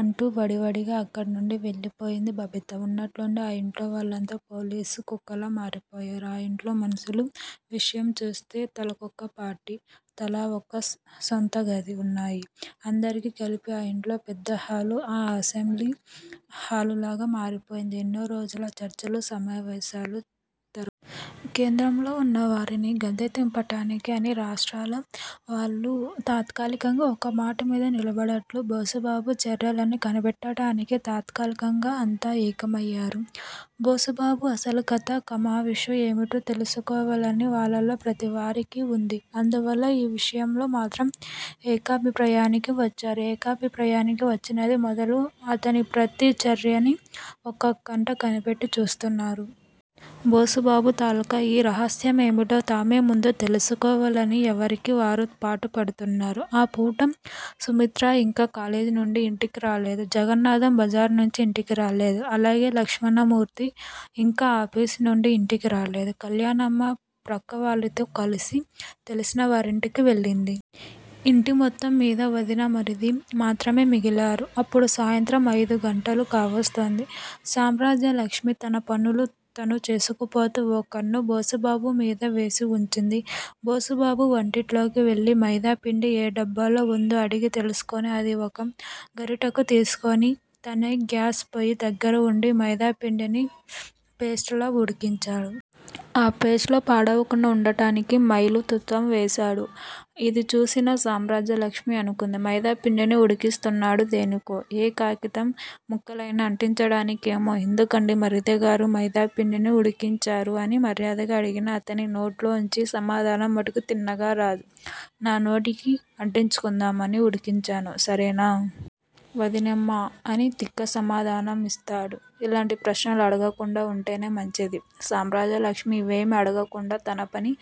అంటూ వడివడిగా అక్కడి నుండి వెళ్ళిపోయింది బబిత. ఉన్నట్లుండి ఆ యింట్లో వాళ్ళంతా పోలీసు కుక్కల్లా మారిపోయారు. ఆ యింట్లో మనుషుల విషయం చూస్తే తలకొక పార్టీ, తలావొక సొంతగది వున్నాయి. అందరికీ కలిపి ఆ యింట్లో పెద్దహాలు. ఆ అసెంబ్లీ హాలులాగా మారిపోయింది. ఎన్నో రోజుల చర్చలూ, సమావేశాలు తరువాత. కేంద్రంలో వున్న వారిని గద్దెదింపటానికి అన్ని రాష్ట్రాల వాళ్లూ తాత్కాలికంగా ఒకమాట మీద నిలబడ్డట్లు, బోసుబాబు చర్యలని కనిపెట్టటానికి, తాత్కాలికంగా అంతా ఏకమయ్యారు. బోసుబాబు అసలు కథా కమావిషు ఏమిటో తెలుసుకోవాలని వాళ్ళల్లో ప్రతివారికీ వుంది. అందువల్ల ఈ విషయంలో మాత్రం ఏకాభిప్రాయానికి వచ్చారు. ఏకాభిప్రాయానికి వచ్చినది మొదలు అతని ప్రతి చర్యనీ ఒకకంట కనిపెట్టి చూస్తున్నారు. బోసుబాబు తాలూకా ఈ రహస్యమేమిటో తామే ముందు తెలుసుకోవాలని ఎవరికి వారు పాటుపడుతున్నారు. ఆ పూట. సుమిత్ర ఇంకా కాలేజీ నుండీ ఇంటికిరాలేదు. జగన్నాధం బజారునుంచీ ఇంటికి రాలేదు. అలాగే లక్ష్మణమూర్తి ఇంకా ఆఫీసునుండీ ఇంటికి రాలేదు. కల్యాణమ్మ ప్రక్కవాళ్ళతో కలిసి తెలిసిన వారింటికి వెళ్ళింది. ఇంటి మొత్తం మీద వదినా, మరిది మాత్రమే మిగిలారు. అప్పుడు సాయంత్రం అయిదు గంటలు కావస్తోంది. సామ్రాజ్యలక్ష్మి తన పనులు తను చేసుకుపోతూ ఓ కన్ను బోసుబాబు మీద వేసి వుంచింది. బోసుబాబు వంటింట్లోకి వెళ్ళి మైదాపిండి ఏ డబ్బాలో వుందో అడిగి తెలుసుకుని అది ఒక గరిటెడు తీసుకుని, తనే గ్యాస్ పొయ్యి దగ్గరవుండి మైదాపిండిని పేస్ట్ లా ఉడికించాడు. ఆ పేస్ట్ లో పాడవకుండా వుండటానికి మైలుతుత్తం వేశాడు. ఇది చూసిన సామ్రాజ్యలక్ష్మి అనుకుంది. మైదాపిండిని ఉడికిస్తున్నాడు దేనికో? ఏ కాయితం ముక్కలయినా అంటించటానికేమో? ఎందుకండీ మరిదిగారూ! మైదాపిండిని ఉడికించారు అని మర్యాదగా అడిగినా అతని నోటిలోంచి సమాధానం మటుకు తిన్నగా రాదు. నా నోటికి అంటించుకుందామని ఉడికించాను సరేనా? వదినమ్మా! అని తిక్క సమాధానం ఇస్తాడు. ఇలాంటి ప్రశ్నలు అడగకుండా వుంటేనే మంచిది. సామ్రాజ్యలక్ష్మి ఇవేమీ అడగకుండా తనపని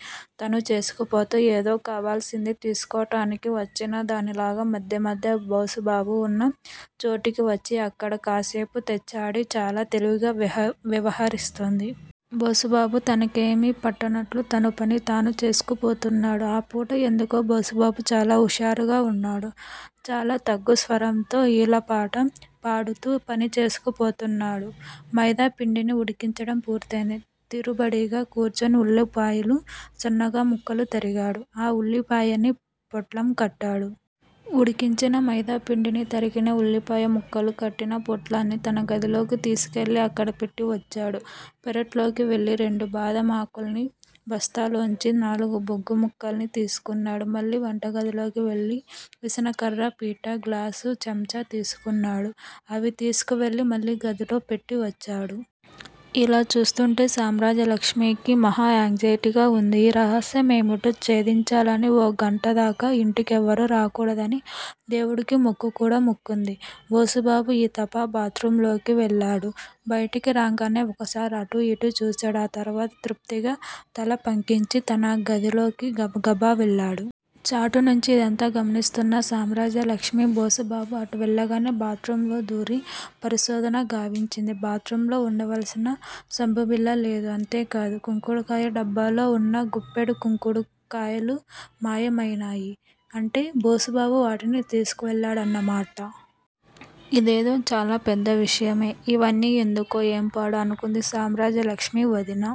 తను చేసుకుపోతూ ఏదో కావాల్సింది తీసుకోటానికి వచ్చిన దానిలాగా మధ్య మధ్య బోసుబాబు వున్న చోటుకి వచ్చి అక్కడ కాసేపు తచ్చాడి చాలా తెలివిగా వ్యవహరిస్తోంది. బోసుబాబు తనకేమీ పట్టనట్లు తన పని తాను చేసుకుపోతున్నాడు. ఆ పూట ఎందుకో బోసుబాబు చాలా హుషారుగా వున్నాడు. చాలా తగ్గుస్వరంతో ఈలపాట పాడుతూ పని చేసుకుపోతున్నాడు. మైదాపిండిని ఉడికించడం పూర్తయింది. తీరుబడిగా కూర్చుని ఉల్లిపాయలు సన్నగా ముక్కలు తరిగాడు. ఆ ఉల్లిపాయని పొట్లం కట్టాడు. ఉడికించిన మైదాపిండిని తరిగిన ఉల్లిపాయ ముక్కలు కట్టిన పొట్లాన్ని తన గదిలోకి తీసుకెళ్ళి అక్కడ పెట్టి వచ్చాడు. పెరటిలోకి వెళ్ళి రెండు బాదం ఆకుల్ని బస్తాలోంచి నాలుగు బొగ్గు ముక్కల్ని తీసుకున్నాడు. మళ్ళీ వంటగదిలోకి వెళ్ళి విసనకర్రా, పీటా, గ్లాసూ చెంచా తీసుకున్నాడు. అవి తీసుకువెళ్ళి మళ్ళీ గదిలో పెట్టి వచ్చాడు. ఇదంతా చూస్తుంటే, సామ్రాజ్యలక్ష్మికి మహాయాంగ్జేటీగా వుంది. ఈ రహస్యమేమిటో ఛేదించాలని. ఓ గంటదాకా ఇంటికి ఎవరూ రాకూడదని దేవుడికి మొక్కు కూడా మొక్కుకుంది. బోసుబాబు ఈ తఫా బాత్ రూమ్ లోకి వెళ్ళాడు. బయటకి రాంగానే ఒకసారి అటూ ఇటూ చూశాడు ఆ తరువాత తృప్తిగా తలపంకించి తన గదిలోకి గబగబా వెళ్లాడు. చాటునుంచీ ఇదంతా గమనిస్తున్న సామ్రాజ్యలక్ష్మి. బోసుబాబు అటు వెళ్ళగానే బాత్ రూమ్ లో దూరి పరిశోధన గావించింది. బాత్ రూమ్ లో వుండవలసిన సబ్బుబిళ్ళ లేదు. అంతే కాదు కుంకుడుకాయ డబ్బాలో వున్న గుప్పెడు కుంకుడు కాయలు మాయమయినాయి. అంటే బోసుబాబు వాటిని తీసుకువెళ్ళాడన్న మాట. ఇదేదో చాలా పెద్ద విషయమే. ఇవన్నీ ఎందుకో ఏంపాడో? అనుకుంది సామ్రాజ్యలక్ష్మి. వదినా!